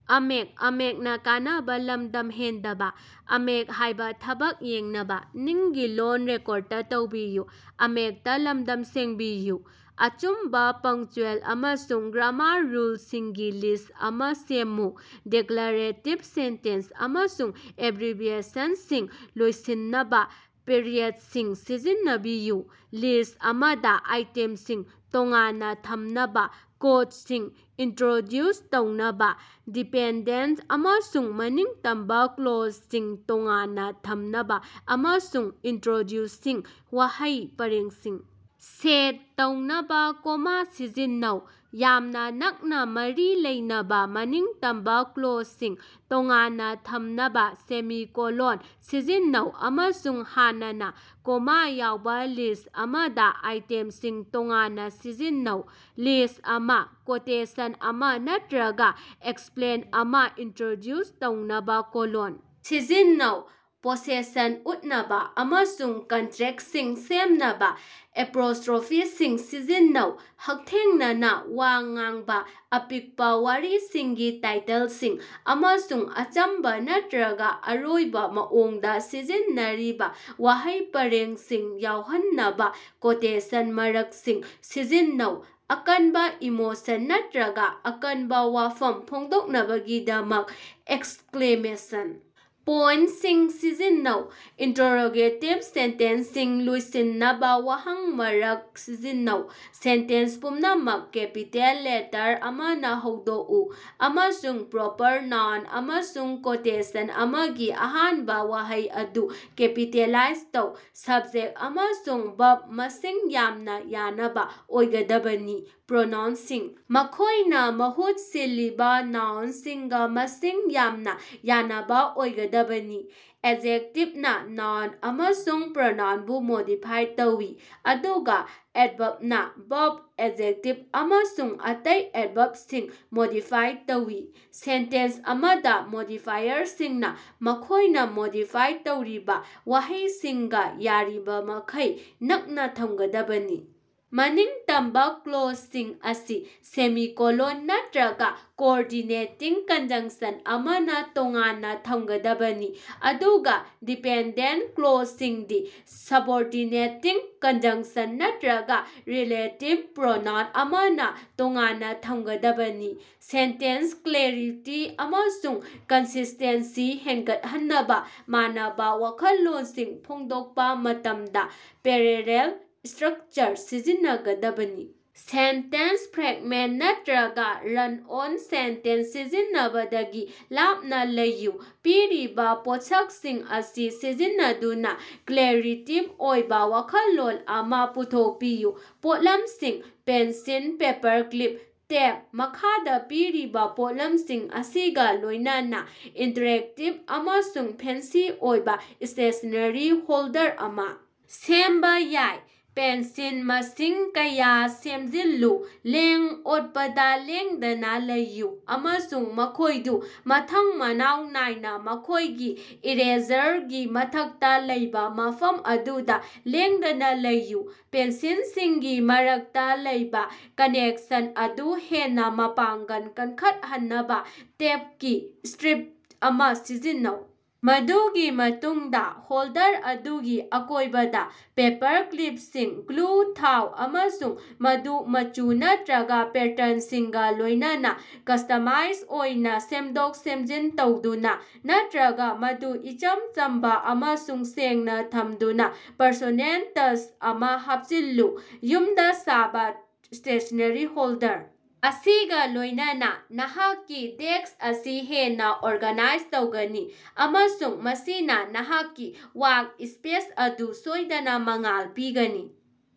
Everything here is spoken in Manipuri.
ꯑꯆꯨꯝꯕ ꯄꯪꯆ꯭ꯌꯨꯑꯦꯜ ꯑꯃꯁꯨꯡ ꯒ꯭ꯔꯥꯃꯥꯔ ꯔꯨꯜꯁꯤꯡꯒꯤ ꯂꯤꯁꯠ ꯑꯃ ꯁꯦꯝꯃꯨ꯫ ꯗꯤꯀ꯭ꯂꯥꯔꯦꯇꯤꯚ ꯁꯦꯟꯇꯦꯟꯁ ꯑꯃꯁꯨꯡ ꯑꯦꯕ꯭ꯔꯤꯕꯤꯌꯦꯁꯟꯁꯤꯡ ꯂꯣꯏꯁꯤꯟꯅꯕ ꯄꯤꯔꯤꯌꯦꯗꯁꯤꯡ ꯁꯤꯖꯤꯟꯅꯕꯤꯌꯨ꯫ ꯂꯤꯁꯠ ꯑꯃꯗ ꯑꯥꯏꯇꯦꯝꯁꯤꯡ ꯇꯣꯉꯥꯟꯅ ꯊꯝꯅꯕ, ꯀꯣꯠꯁꯤꯡ ꯏꯟꯇ꯭ꯔꯣꯗ꯭ꯌꯨꯁ ꯇꯧꯅꯕ, ꯗꯤꯄꯦꯟꯗꯦꯟꯇ ꯑꯃꯁꯨꯡ ꯃꯅꯤꯡꯇꯝꯕ ꯀ꯭ꯂꯣꯖꯁꯤꯡ ꯇꯣꯉꯥꯟꯅ ꯊꯝꯅꯕ ꯑꯃꯁꯨꯡ ꯏꯟꯇ꯭ꯔꯣꯗ꯭ꯌꯨꯁꯤꯡ ꯋꯥꯍꯩ ꯄꯔꯦꯡꯁꯤꯡ ꯁꯦꯠ ꯇꯧꯅꯕ ꯀꯣꯃꯥ ꯁꯤꯖꯤꯟꯅꯧ꯫ ꯌꯥꯝꯅ ꯅꯛꯅ ꯃꯔꯤ ꯂꯩꯅꯕ ꯃꯅꯤꯡꯇꯝꯕ ꯀ꯭ꯂꯣꯖꯁꯤꯡ ꯇꯣꯉꯥꯟꯅ ꯊꯝꯅꯕ ꯁꯦꯃꯤꯀꯣꯂꯟ ꯁꯤꯖꯤꯟꯅꯧ ꯑꯃꯁꯨꯡ ꯍꯥꯟꯅꯅ ꯀꯣꯃꯥ ꯌꯥꯎꯕ ꯂꯤꯁꯠ ꯑꯃꯗ ꯑꯥꯏꯇꯦꯝꯁꯤꯡ ꯇꯣꯉꯥꯟꯅ ꯁꯤꯖꯤꯟꯅꯧ꯫ ꯂꯤꯁꯠ ꯑꯃ, ꯀꯣꯇꯦꯁꯟ ꯑꯃ ꯅꯠꯇ꯭ꯔꯒ ꯑꯦꯛꯁꯄ꯭ꯂꯦꯟ ꯑꯃ ꯏꯟꯇ꯭ꯔꯣꯗ꯭ꯌꯨꯁ ꯇꯧꯅꯕ ꯀꯣꯂꯣꯟ ꯁꯤꯖꯤꯟꯅꯧ꯫ ꯄꯣꯁꯦꯁꯟ ꯎꯠꯅꯕ ꯑꯃꯁꯨꯡ ꯀꯟꯇ꯭ꯔꯦꯛꯇꯁꯤꯡ ꯁꯦꯝꯅꯕ ꯑꯦꯄꯣꯁꯇ꯭ꯔꯣꯐꯤꯁꯤꯡ ꯁꯤꯖꯤꯟꯅꯧ꯫ ꯍꯛꯊꯦꯡꯅꯅ ꯋꯥ ꯉꯥꯡꯕ, ꯑꯄꯤꯛꯄ ꯋꯥꯔꯤꯁꯤꯡꯒꯤ ꯇꯥꯏꯇꯜꯁꯤꯡ, ꯑꯃꯁꯨꯡ ꯑꯆꯝꯕ ꯅꯠꯇ꯭ꯔꯒ ꯑꯔꯣꯏꯕ ꯃꯑꯣꯡꯗ ꯁꯤꯖꯤꯟꯅꯔꯤꯕ ꯋꯥꯍꯩ ꯄꯔꯦꯡꯁꯤꯡ ꯌꯥꯎꯍꯟꯅꯕ ꯀꯣꯇꯦꯁꯟ ꯃꯥꯔꯛꯁꯤꯡ ꯁꯤꯖꯤꯟꯅꯧ꯫ ꯑꯀꯟꯕ ꯏꯃꯣꯁꯟ ꯅꯠꯇ꯭ꯔꯒ ꯑꯀꯟꯕ ꯋꯥꯐꯝ ꯐꯣꯡꯗꯣꯛꯅꯕꯒꯤꯗꯃꯛ ꯑꯦꯛꯁꯀ꯭ꯂꯦꯃꯦꯁꯟ ꯄꯣꯏꯟꯇꯁꯤꯡ ꯁꯤꯖꯤꯟꯅꯧ꯫ ꯏꯟꯇꯔꯔꯣꯒꯦꯇꯤꯚ ꯁꯦꯟꯇꯦꯟꯁꯁꯤꯡ ꯂꯣꯏꯁꯤꯟꯅꯕ ꯋꯥꯍꯪ ꯃꯥꯔꯛ ꯁꯤꯖꯤꯟꯅꯧ꯫ ꯁꯦꯟꯇꯦꯟꯁ ꯄꯨꯝꯅꯃꯛ ꯀꯦꯄꯤꯇꯦꯜ ꯂꯦꯇꯔ ꯑꯃꯅ ꯍꯧꯗꯣꯛꯎ, ꯑꯃꯁꯨꯡ ꯄ꯭ꯔꯣꯄꯔ ꯅꯥꯎꯟ ꯑꯃꯁꯨꯡ ꯀꯣꯇꯦꯁꯟ ꯑꯃꯒꯤ ꯑꯍꯥꯟꯕ ꯋꯥꯍꯩ ꯑꯗꯨ ꯀꯦꯄꯤꯇꯦꯂꯥꯏꯖ ꯇꯧ꯫ ꯁꯕꯖꯦꯛꯇ ꯑꯃꯁꯨꯡ ꯚꯔꯕ ꯃꯁꯤꯡ ꯌꯥꯝꯅ ꯌꯥꯅꯕ ꯑꯣꯏꯒꯗꯕꯅꯤ꯫ ꯄ꯭ꯔꯣꯅꯥꯎꯟꯁꯤꯡꯅ ꯃꯈꯣꯏꯅ ꯃꯍꯨꯠ ꯁꯤꯜꯂꯤꯕ ꯅꯥꯎꯟꯁꯤꯡꯒ ꯃꯁꯤꯡ ꯌꯥꯝꯅ ꯌꯥꯅꯕ ꯑꯣꯏꯒꯗꯕꯅꯤ꯫ ꯑꯦꯖꯦꯛꯇꯤꯚꯅ ꯅꯥꯎꯟ ꯑꯃꯁꯨꯡ ꯄ꯭ꯔꯣꯅꯥꯎꯟꯕꯨ ꯃꯣꯗꯤꯐꯥꯏ ꯇꯧꯏ ꯑꯗꯨꯒ ꯑꯦꯗꯚꯔꯕꯅ ꯚꯔꯕ, ꯑꯦꯖꯦꯛꯇꯤꯚ ꯑꯃꯁꯨꯡ ꯑꯇꯩ ꯑꯦꯗꯚꯔꯕꯜꯁꯤꯡ ꯃꯣꯗꯤꯐꯥꯏ ꯇꯧꯏ꯫ ꯁꯦꯟꯇꯦꯟꯁ ꯑꯃꯗ ꯃꯣꯗꯤꯐꯥꯏꯌꯔꯁꯤꯡꯅ ꯃꯈꯣꯏꯅ ꯃꯣꯗꯤꯐꯥꯏ ꯇꯧꯔꯤꯕ ꯋꯥꯍꯩꯁꯤꯡꯒ ꯌꯥꯔꯤꯕꯃꯈꯩ ꯅꯛꯅ ꯊꯝꯒꯗꯕꯅꯤ꯫ ꯃꯅꯤꯡꯇꯝꯕ ꯀ꯭ꯂꯣꯖꯁꯤꯡ ꯑꯁꯤ ꯁꯦꯃꯤꯀꯣꯂꯟ ꯅꯠꯇ꯭ꯔꯒ ꯀꯣꯑꯣꯔꯗꯤꯅꯦꯇꯤꯡ ꯀꯟꯖꯪꯁꯟ ꯑꯃꯅ ꯇꯣꯉꯥꯟꯅ ꯊꯝꯒꯗꯕꯅꯤ ꯑꯗꯨꯒ ꯗꯤꯄꯦꯟꯗꯦꯟꯇ ꯀ꯭ꯂꯣꯖꯁꯤꯡꯗꯤ ꯁꯕꯑꯣꯔꯗꯤꯅꯦꯇꯤꯡ ꯀꯟꯖꯪꯁꯟ ꯅꯠꯇ꯭ꯔꯒ ꯔꯤꯂꯦꯇꯤꯚ ꯄ꯭ꯔꯣꯅꯥꯎꯟ ꯑꯃꯅ ꯇꯣꯉꯥꯟꯅ ꯊꯝꯒꯗꯕꯅꯤ꯫ ꯁꯦꯟꯇꯦꯟꯁ ꯀ꯭ꯂꯦꯔꯤꯇꯤ ꯑꯃꯁꯨꯡ ꯀꯟꯁꯤꯁꯇꯦꯟꯁꯤ ꯍꯦꯟꯒꯠꯍꯟꯅꯕ ꯃꯥꯟꯅꯕ ꯋꯥꯈꯜꯂꯣꯟꯁꯤꯡ ꯐꯣꯡꯗꯣꯛꯄ ꯃꯇꯝꯗ ꯄꯦꯔꯦꯂꯦꯜ ꯁꯇ꯭ꯔꯛꯆꯔ ꯁꯤꯖꯤꯟꯅꯒꯗꯕꯅꯤ꯫ ꯁꯦꯟꯇꯦꯟꯁ ꯐ꯭ꯔꯦꯛꯃꯦꯟꯇ ꯅꯠꯇ꯭ꯔꯒ ꯔꯟ-ꯑꯣꯟ ꯁꯦꯟꯇꯦꯟꯁ ꯁꯤꯖꯤꯟꯅꯕꯗꯒꯤ ꯂꯥꯞꯅ ꯂꯩꯌꯨ꯫ ꯄꯤꯔꯤꯕ ꯄꯣꯠꯁꯛꯁꯤꯡ ꯑꯁꯤ ꯁꯤꯖꯤꯟꯅꯗꯨꯅ ꯀ꯭ꯔꯤꯌꯦꯇꯤꯐ ꯑꯣꯏꯕ ꯋꯥꯈꯜꯂꯣꯟ ꯑꯃ ꯄꯨꯊꯣꯛꯄꯤꯌꯨ꯫ ꯄꯣꯠꯂꯝꯁꯤꯡ: ꯄꯦꯟꯁꯤꯜ, ꯄꯦꯄꯔꯀ꯭ꯂꯤꯞ, ꯇꯦꯞ꯫ ꯃꯈꯥꯗ ꯄꯤꯔꯤꯕ ꯄꯣꯠꯂꯝꯁꯤꯡ ꯑꯁꯤꯒ ꯂꯣꯏꯅꯅ ꯏꯟꯇꯔꯦꯛꯇꯤꯚ ꯑꯃꯁꯨꯡ ꯐꯦꯟꯁꯤ ꯑꯣꯏꯕ ꯁ꯭ꯇꯦꯁꯅꯦꯔꯤ ꯍꯣꯜꯗꯔ ꯑꯃ ꯁꯦꯝꯕ ꯌꯥꯏ꯫ ꯄꯦꯟꯁꯤꯜ ꯃꯁꯤꯡ ꯀꯌꯥ ꯁꯦꯝꯖꯤꯜꯂꯨ, ꯂꯦꯡ-ꯑꯣꯠꯄꯗ ꯂꯦꯡꯗꯅ ꯂꯩꯌꯨ ꯑꯃꯁꯨꯡ ꯃꯈꯣꯏꯗꯨ ꯃꯊꯪ-ꯃꯅꯥꯎ ꯅꯥꯏꯅ ꯃꯈꯣꯏꯒꯤ ꯏꯔꯦꯖꯔꯒꯤ ꯃꯊꯛꯇ ꯂꯩꯕ ꯃꯐꯝ ꯑꯗꯨꯗ ꯂꯦꯡꯗꯅ ꯂꯩꯌꯨ꯫ ꯄꯦꯟꯁꯤꯜꯁꯤꯡꯒꯤ ꯃꯔꯛꯇ ꯂꯩꯕ ꯀꯅꯦꯛꯁꯟ ꯑꯗꯨ ꯍꯦꯟꯅ ꯃꯄꯥꯡꯒꯜ ꯀꯟꯈꯠꯍꯟꯅꯕ ꯇꯦꯞꯀꯤ ꯁ꯭ꯇꯔꯤꯞ ꯑꯃ ꯁꯤꯖꯤꯟꯅꯧ꯫ ꯃꯗꯨꯒꯤ ꯃꯇꯨꯡꯗ ꯍꯣꯜꯗꯔ ꯑꯗꯨꯒꯤ ꯑꯀꯣꯏꯕꯗ ꯄꯦꯄꯔꯀ꯭ꯂꯤꯄꯁꯤꯡ ꯒ꯭ꯂꯨ ꯊꯥꯎ ꯑꯃꯁꯨꯡ ꯃꯗꯨ ꯃꯆꯨ ꯅꯠꯇ꯭ꯔꯒ ꯄꯦꯇꯔꯟꯁꯤꯡꯒ ꯂꯣꯏꯅꯅ ꯀꯁꯇꯃꯥꯏꯁ ꯑꯣꯏꯅ ꯁꯦꯝꯗꯣꯛ-ꯁꯦꯝꯖꯤꯟ ꯇꯧꯗꯨꯅ, ꯅꯠꯇ꯭ꯔꯒ ꯃꯗꯨ ꯏꯆꯝ ꯆꯝꯕ ꯑꯃꯁꯨꯡ ꯁꯦꯡꯅ ꯊꯝꯗꯨꯅ ꯄꯔꯁꯣꯅꯦꯜ ꯇꯆ ꯑꯃ ꯍꯥꯞꯆꯤꯜꯂꯨ꯫ ꯌꯨꯝꯗ ꯁꯥꯕ ꯁ꯭ꯇꯦꯁꯅꯦꯔꯤ ꯍꯣꯜꯗꯔ ꯑꯁꯤꯒ ꯂꯣꯏꯅꯅ ꯅꯍꯥꯛꯀꯤ ꯗꯦꯁ꯭ꯛ ꯑꯁꯤ ꯍꯦꯟꯅ ꯑꯣꯔꯒꯅꯥꯏꯖ ꯇꯧꯒꯅꯤ, ꯑꯃꯁꯨꯡ ꯃꯁꯤꯅ ꯅꯍꯥꯛꯀꯤ ꯋꯥꯔꯛ-ꯁ꯭ꯄꯦꯁ ꯑꯗꯨ ꯁꯣꯏꯗꯅ ꯃꯉꯥꯜ ꯄꯤꯒꯅꯤ꯫